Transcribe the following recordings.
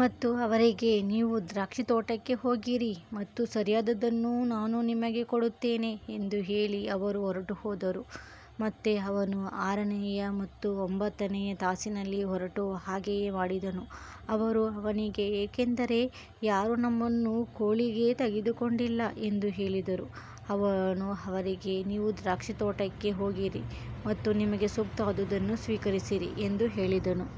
ಮತ್ತು ಅವರಿಗೆ, ನೀವೂ ದ್ರಾಕ್ಷಿತೋಟಕ್ಕೆ ಹೋಗಿರಿ, ಮತ್ತು ಸರಿಯಾದದ್ದನ್ನು ನಾನು ನಿಮಗೆ ಕೊಡುತ್ತೇನೆ ಎಂದು ಹೇಳಿ ಅವರು ಹೊರಟುಹೋದರು. ಮತ್ತೆ ಅವನು ಆರನೆಯ ಮತ್ತು ಒಂಬತ್ತನೆಯ ತಾಸಿನಲ್ಲಿ ಹೊರಟು ಹಾಗೆಯೇ ಮಾಡಿದನು. ಅವರು ಅವನಿಗೆ, ಏಕೆಂದರೆ ಯಾರೂ ನಮ್ಮನ್ನು ಕೂಲಿಗೆ ತೆಗೆದುಕೊಂಡಿಲ್ಲ ಎಂದು ಹೇಳಿದರು. ಅವನು ಅವರಿಗೆ, ನೀವೂ ದ್ರಾಕ್ಷಿತೋಟಕ್ಕೆ ಹೋಗಿರಿ, ಮತ್ತು ನಿಮಗೆ ಸೂಕ್ತವಾದದ್ದನ್ನು ಸ್ವೀಕರಿಸಿರಿ ಎಂದು ಹೇಳಿದನು.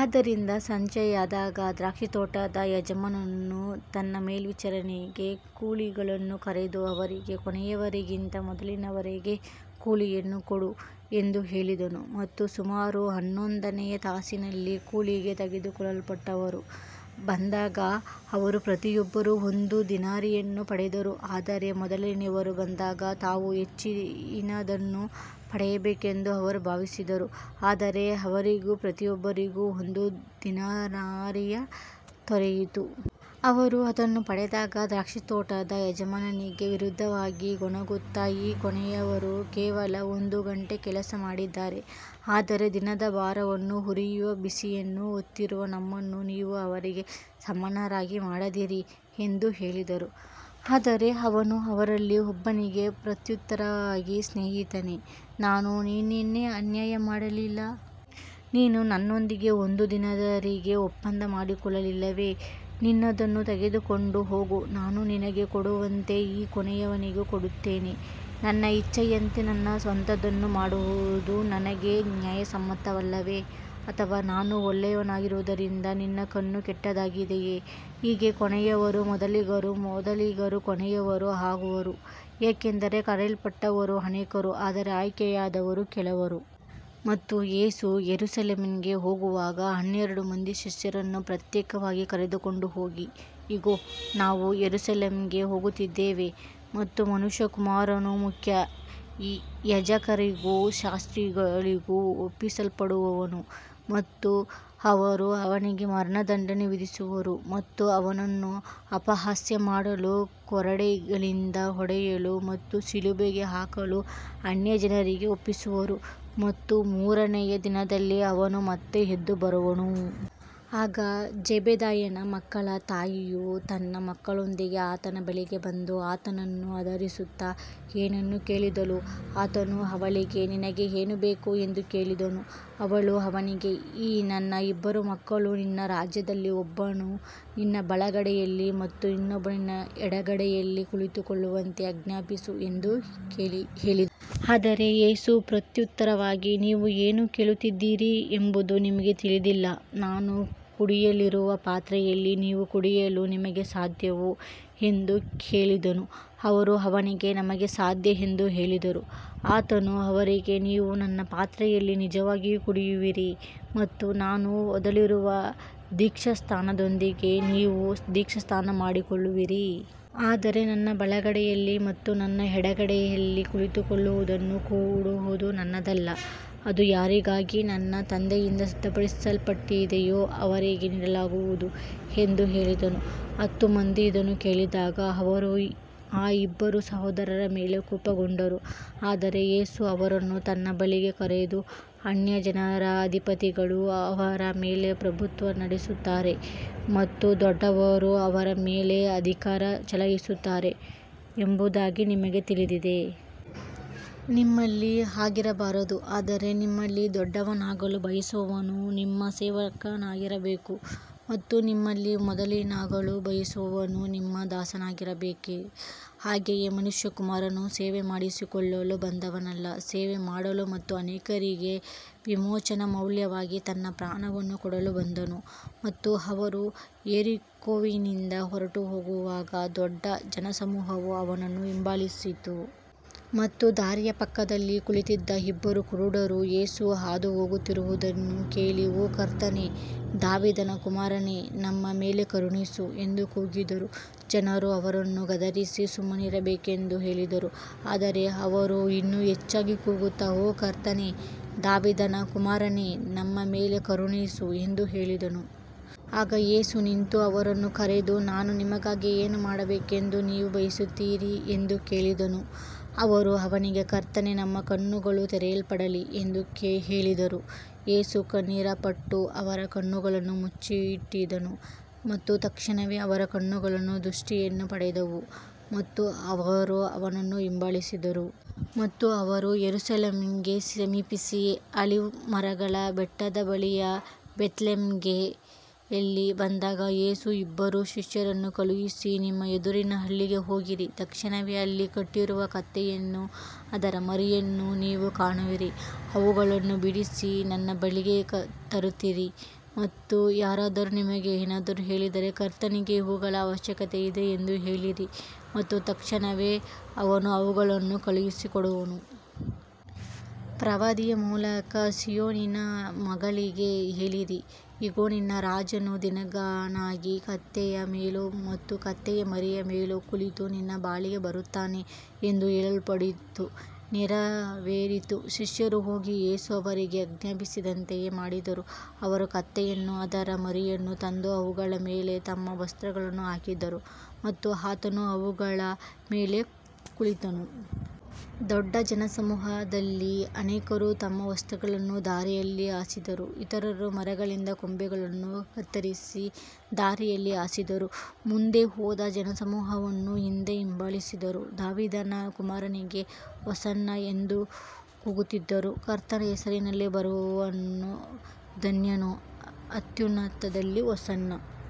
ಆದ್ದರಿಂದ ಸಂಜೆಯಾದಾಗ ದ್ರಾಕ್ಷಿತೋಟದ ಯಜಮಾನನು ತನ್ನ ಮೇಲ್ವಿಚಾರಕನಿಗೆ, ಕೂಲಿಗಳನ್ನು ಕರೆದು ಅವರಿಗೆ ಕೊನೆಯವರಿಂದ ಮೊದಲಿನವರವರೆಗೆ ಕೂಲಿಯನ್ನು ಕೊಡು ಎಂದು ಹೇಳಿದನು. ಮತ್ತು ಸುಮಾರು ಹನ್ನೊಂದನೆಯ ತಾಸಿನಲ್ಲಿ ಕೂಲಿಗೆ ತೆಗೆದುಕೊಳ್ಳಲ್ಪಟ್ಟವರು ಬಂದಾಗ, ಅವರು ಪ್ರತಿಯೊಬ್ಬರೂ ಒಂದು ದಿನಾರಿಯನ್ನು ಪಡೆದರು. ಆದರೆ ಮೊದಲನೆಯವರು ಬಂದಾಗ, ತಾವು ಹೆಚ್ಚಿನದನ್ನು ಪಡೆಯಬೇಕೆಂದು ಅವರು ಭಾವಿಸಿದರು, ಆದರೆ ಅವರಿಗೂ ಪ್ರತಿಯೊಬ್ಬರಿಗೂ ಒಂದು ದಿನಾರಿಯೇ ದೊರೆಯಿತು. ಅವರು ಅದನ್ನು ಪಡೆದಾಗ ದ್ರಾಕ್ಷಿತೋಟದ ಯಜಮಾನನಿಗೆ ವಿರುದ್ಧವಾಗಿ ಗೊಣಗುತ್ತಾ, ಈ ಕೊನೆಯವರು ಕೇವಲ ಒಂದು ಗಂಟೆ ಕೆಲಸ ಮಾಡಿದ್ದಾರೆ, ಆದರೆ ದಿನದ ಭಾರವನ್ನೂ ಉರಿಯುವ ಬಿಸಿಯನ್ನೂ ಹೊತ್ತಿರುವ ನಮ್ಮನ್ನು ನೀವು ಅವರಿಗೆ ಸಮಾನರನ್ನಾಗಿ ಮಾಡಿದ್ದೀರಿ ಎಂದು ಹೇಳಿದರು. ಆದರೆ ಅವನು ಅವರಲ್ಲಿ ಒಬ್ಬನಿಗೆ ಪ್ರತ್ಯುತ್ತರವಾಗಿ, ಸ್ನೇಹಿತನೇ, ನಾನು ನಿನಗೆ ಅನ್ಯಾಯ ಮಾಡಿಲ್ಲ. ನೀನು ನನ್ನೊಂದಿಗೆ ಒಂದು ದಿನಾರಿಗೆ ಒಪ್ಪಂದ ಮಾಡಿಕೊಳ್ಳಲಿಲ್ಲವೇ. ನಿನ್ನದನ್ನು ತೆಗೆದುಕೊಂಡು ಹೋಗು. ನಾನು ನಿನಗೆ ಕೊಡುವಂತೆ ಈ ಕೊನೆಯವನಿಗೂ ಕೊಡುತ್ತೇನೆ. ನನ್ನ ಇಚ್ಛೆಯಂತೆ ನನ್ನ ಸ್ವಂತದ್ದನ್ನು ಮಾಡುವುದು ನನಗೆ ನ್ಯಾಯಸಮ್ಮತವಲ್ಲವೇ. ಅಥವಾ ನಾನು ಒಳ್ಳೆಯವನಾಗಿರುವುದರಿಂದ ನಿನ್ನ ಕಣ್ಣು ಕೆಟ್ಟದ್ದಾಗಿದೆಯೇ. ಹೀಗೆ ಕೊನೆಯವರು ಮೊದಲಿಗರೂ ಮೊದಲಿಗರು ಕೊನೆಯವರೂ ಆಗುವರು, ಯಾಕಂದರೆ ಕರೆಯಲ್ಪಟ್ಟವರು ಅನೇಕರು, ಆದರೆ ಆಯ್ಕೆಯಾದವರು ಕೆಲವರು. ಮತ್ತು ಯೇಸು ಯೆರೂಸಲೇಮಿಗೆ ಹೋಗುವಾಗ ಹನ್ನೆರಡು ಮಂದಿ ಶಿಷ್ಯರನ್ನು ಪ್ರತ್ಯೇಕವಾಗಿ ಕರೆದುಕೊಂಡು ಹೋಗಿ, ಇಗೋ, ನಾವು ಯೆರೂಸಲೇಮಿಗೆ ಹೋಗುತ್ತಿದ್ದೇವೆ, ಮತ್ತು ಮನುಷ್ಯಕುಮಾರನು ಮುಖ್ಯ ಯಾಜಕರಿಗೂ ಶಾಸ್ತ್ರಿಗಳಿಗೂ ಒಪ್ಪಿಸಲ್ಪಡುವನು, ಮತ್ತು ಅವರು ಅವನಿಗೆ ಮರಣದಂಡನೆ ವಿಧಿಸುವರು. ಮತ್ತು ಅವನನ್ನು ಅಪಹಾಸ್ಯ ಮಾಡಲು, ಕೊರಡೆಗಳಿಂದ ಹೊಡೆಯಲು ಮತ್ತು ಶಿಲುಬೆಗೆ ಹಾಕಲು ಅನ್ಯಜನರಿಗೆ ಒಪ್ಪಿಸುವರು, ಮತ್ತು ಮೂರನೆಯ ದಿನದಲ್ಲಿ ಅವನು ಮತ್ತೆ ಎದ್ದು ಬರುವನು. ಆಗ ಜೆಬೆದಾಯನ ಮಕ್ಕಳ ತಾಯಿಯು ತನ್ನ ಮಕ್ಕಳೊಂದಿಗೆ ಆತನ ಬಳಿಗೆ ಬಂದು, ಆತನನ್ನು ಆರಾಧಿಸುತ್ತಾ ಏನನ್ನೋ ಕೇಳಿದಳು. ಆತನು ಅವಳಿಗೆ, ನಿನಗೆ ಏನು ಬೇಕು ಎಂದು ಕೇಳಿದನು. ಅವಳು ಅವನಿಗೆ, ಈ ನನ್ನ ಇಬ್ಬರು ಮಕ್ಕಳು ನಿನ್ನ ರಾಜ್ಯದಲ್ಲಿ ಒಬ್ಬನು ನಿನ್ನ ಬಲಗಡೆಯಲ್ಲಿ ಮತ್ತು ಇನ್ನೊಬ್ಬನು ನಿನ್ನ ಎಡಗಡೆಯಲ್ಲಿ ಕುಳಿತುಕೊಳ್ಳುವಂತೆ ಆಜ್ಞಾಪಿಸು ಎಂದು ಹೇಳಿದಳು. ಆದರೆ ಯೇಸು ಪ್ರತ್ಯುತ್ತರವಾಗಿ, ನೀವು ಏನು ಕೇಳುತ್ತಿದ್ದೀರಿ ಎಂಬುದು ನಿಮಗೆ ತಿಳಿದಿಲ್ಲ. ನಾನು ಕುಡಿಯಲಿರುವ ಪಾತ್ರೆಯಲ್ಲಿ ನೀವು ಕುಡಿಯಲು ನಿಮಗೆ ಸಾಧ್ಯವೋ ಎಂದು ಕೇಳಿದನು. ಅವರು ಅವನಿಗೆ, ನಮಗೆ ಸಾಧ್ಯ ಎಂದು ಹೇಳಿದರು. ಆತನು ಅವರಿಗೆ, ನೀವು ನನ್ನ ಪಾತ್ರೆಯಲ್ಲಿ ನಿಜವಾಗಿಯೂ ಕುಡಿಯುವಿರಿ, ಮತ್ತು ನಾನು ಹೊಂದಲಿರುವ ದೀಕ್ಷಾಸ್ನಾನದೊಂದಿಗೆ ನೀವು ದೀಕ್ಷಾಸ್ನಾನ ಮಾಡಿಸಿಕೊಳ್ಳುವಿರಿ. ಆದರೆ ನನ್ನ ಬಲಗಡೆಯಲ್ಲಿ ಮತ್ತು ನನ್ನ ಎಡಗಡೆಯಲ್ಲಿ ಕುಳಿತುಕೊಳ್ಳುವುದನ್ನು ಕೊಡುವುದು ನನ್ನದಲ್ಲ. ಅದು ಯಾರಿಗಾಗಿ ನನ್ನ ತಂದೆಯಿಂದ ಸಿದ್ಧಪಡಿಸಲ್ಪಟ್ಟಿದೆಯೋ ಅವರಿಗೆ ನೀಡಲಾಗುವುದು ಎಂದು ಹೇಳಿದನು. ಹತ್ತು ಮಂದಿ ಇದನ್ನು ಕೇಳಿದಾಗ, ಅವರು ಆ ಇಬ್ಬರು ಸಹೋದರರ ಮೇಲೆ ಕೋಪಗೊಂಡರು. ಆದರೆ ಯೇಸು ಅವರನ್ನು ತನ್ನ ಬಳಿಗೆ ಕರೆದು, ಅನ್ಯಜನರ ಅಧಿಪತಿಗಳು ಅವರ ಮೇಲೆ ಪ್ರಭುತ್ವ ನಡೆಸುತ್ತಾರೆ ಮತ್ತು ದೊಡ್ಡವರು ಅವರ ಮೇಲೆ ಅಧಿಕಾರ ಚಲಾಯಿಸುತ್ತಾರೆ ಎಂಬುದು ನಿಮಗೆ ತಿಳಿದಿದೆ. ನಿಮ್ಮಲ್ಲಿ ಹಾಗಿರಬಾರದು. ಆದರೆ ನಿಮ್ಮಲ್ಲಿ ದೊಡ್ಡವನಾಗಲು ಬಯಸುವವನು ನಿಮ್ಮ ಸೇವಕನಾಗಿರಬೇಕು. ಮತ್ತು ನಿಮ್ಮಲ್ಲಿ ಮೊದಲಿಗನಾಗಲು ಬಯಸುವವನು ನಿಮ್ಮ ದಾಸನಾಗಿರಬೇಕು. ಹಾಗೆಯೇ ಮನುಷ್ಯಕುಮಾರನು ಸೇವೆ ಮಾಡಿಸಿಕೊಳ್ಳಲು ಬಂದವನಲ್ಲ, ಸೇವೆ ಮಾಡಲು ಮತ್ತು ಅನೇಕರಿಗೆ ವಿಮೋಚನಾ ಮೌಲ್ಯವಾಗಿ ತನ್ನ ಪ್ರಾಣವನ್ನು ಕೊಡಲು ಬಂದನು. ಮತ್ತು ಅವರು ಯೆರಿಕೋವಿನಿಂದ ಹೊರಟುಹೋಗುವಾಗ ದೊಡ್ಡ ಜನಸಮೂಹವು ಅವನನ್ನು ಹಿಂಬಾಲಿಸಿತು. ಮತ್ತು ದಾರಿಯ ಪಕ್ಕದಲ್ಲಿ ಕುಳಿತಿದ್ದ ಇಬ್ಬರು ಕುರುಡರು, ಯೇಸು ಹಾದುಹೋಗುತ್ತಿರುವುದನ್ನು ಕೇಳಿ, ಓ ಕರ್ತನೇ, ದಾವೀದನ ಕುಮಾರನೇ, ನಮ್ಮ ಮೇಲೆ ಕರುಣಿಸು ಎಂದು ಕೂಗಿದರು. ಜನರು ಅವರನ್ನು ಗದರಿಸಿ ಸುಮ್ಮನಿರಬೇಕೆಂದು ಹೇಳಿದರು. ಆದರೆ ಅವರು ಇನ್ನೂ ಹೆಚ್ಚಾಗಿ ಕೂಗುತ್ತಾ, ಓ ಕರ್ತನೇ, ದಾವೀದನ ಕುಮಾರನೇ, ನಮ್ಮ ಮೇಲೆ ಕರುಣಿಸು ಎಂದು ಹೇಳಿದರು. ಆಗ ಯೇಸು ನಿಂತು ಅವರನ್ನು ಕರೆದು, ನಾನು ನಿಮಗಾಗಿ ಏನು ಮಾಡಬೇಕೆಂದು ನೀವು ಬಯಸುತ್ತೀರಿ ಎಂದು ಕೇಳಿದನು. ಅವರು ಅವನಿಗೆ, ಕರ್ತನೇ, ನಮ್ಮ ಕಣ್ಣುಗಳು ತೆರೆಯಲ್ಪಡಲಿ ಎಂದು ಹೇಳಿದರು. ಯೇಸು ಕನಿಕರಪಟ್ಟು ಅವರ ಕಣ್ಣುಗಳನ್ನು ಮುಟ್ಟಿದನು, ಮತ್ತು ತಕ್ಷಣವೇ ಅವರ ಕಣ್ಣುಗಳು ದೃಷ್ಟಿಯನ್ನು ಪಡೆದವು, ಮತ್ತು ಅವರು ಅವನನ್ನು ಹಿಂಬಾಲಿಸಿದರು. ಮತ್ತು ಅವರು ಯೆರೂಸಲೇಮಿಗೆ ಸಮೀಪಿಸಿ ಆಲಿವ್ ಮರಗಳ ಬೆಟ್ಟದ ಬಳಿಯ ಬೆತ್ಫಗೆಯಲ್ಲಿ ಬಂದಾಗ, ಯೇಸು ಇಬ್ಬರು ಶಿಷ್ಯರನ್ನು ಕಳುಹಿಸಿ, ನಿಮ್ಮ ಎದುರಿನ ಹಳ್ಳಿಗೆ ಹೋಗಿರಿ. ತಕ್ಷಣವೇ ಅಲ್ಲಿ ಕಟ್ಟಿರುವ ಕತ್ತೆಯನ್ನೂ ಅದರ ಮರಿಯನ್ನೂ ನೀವು ಕಾಣುವಿರಿ. ಅವುಗಳನ್ನು ಬಿಡಿಸಿ ನನ್ನ ಬಳಿಗೆ ತರುತ್ತೀರಿ. ಮತ್ತು ಯಾರಾದರೂ ನಿಮಗೆ ಏನಾದರೂ ಹೇಳಿದರೆ, ಕರ್ತನಿಗೆ ಇವುಗಳ ಅವಶ್ಯಕತೆಯಿದೆ ಎಂದು ಹೇಳಿರಿ, ಮತ್ತು ತಕ್ಷಣವೇ ಅವನು ಅವುಗಳನ್ನು ಕಳುಹಿಸಿಕೊಡುವನು. ಪ್ರವಾದಿಯ ಮೂಲಕ, ಸೀಯೋನಿನ ಮಗಳಿಗೆ ಹೇಳಿರಿ, ಇಗೋ, ನಿನ್ನ ರಾಜನು ದೀನನಾಗಿ, ಕತ್ತೆಯ ಮೇಲೂ ಮತ್ತು ಕತ್ತೆಯ ಮರಿಯ ಮೇಲೂ ಕುಳಿತು ನಿನ್ನ ಬಳಿಗೆ ಬರುತ್ತಾನೆ ಎಂದು ಹೇಳಲ್ಪಟ್ಟದ್ದು ನೆರವೇರಿತು. ಶಿಷ್ಯರು ಹೋಗಿ ಯೇಸು ಅವರಿಗೆ ಆಜ್ಞಾಪಿಸಿದಂತೆಯೇ ಮಾಡಿದರು. ಅವರು ಕತ್ತೆಯನ್ನೂ ಅದರ ಮರಿಯನ್ನೂ ತಂದು ಅವುಗಳ ಮೇಲೆ ತಮ್ಮ ವಸ್ತ್ರಗಳನ್ನು ಹಾಕಿದರು, ಮತ್ತು ಆತನು ಅವುಗಳ ಮೇಲೆ ಕುಳಿತನು. ದೊಡ್ಡ ಜನಸಮೂಹದಲ್ಲಿ ಅನೇಕರು ತಮ್ಮ ವಸ್ತ್ರಗಳನ್ನು ದಾರಿಯಲ್ಲಿ ಹಾಸಿದರು, ಇತರರು ಮರಗಳಿಂದ ಕೊಂಬೆಗಳನ್ನು ಕತ್ತರಿಸಿ ದಾರಿಯಲ್ಲಿ ಹಾಸಿದರು. ಮುಂದೆ ಹೋದ ಜನಸಮೂಹವೂ ಹಿಂದೆ ಹಿಂಬಾಲಿಸಿದವರೂ, ದಾವೀದನ ಕುಮಾರನಿಗೆ ಹೊಸನ್ನಾ ಎಂದು ಕೂಗುತ್ತಿದ್ದರು. ಕರ್ತನ ಹೆಸರಿನಲ್ಲಿ ಬರುವವನು ಧನ್ಯನು. ಅತ್ಯುನ್ನತದಲ್ಲಿ ಹೊಸನ್ನಾ.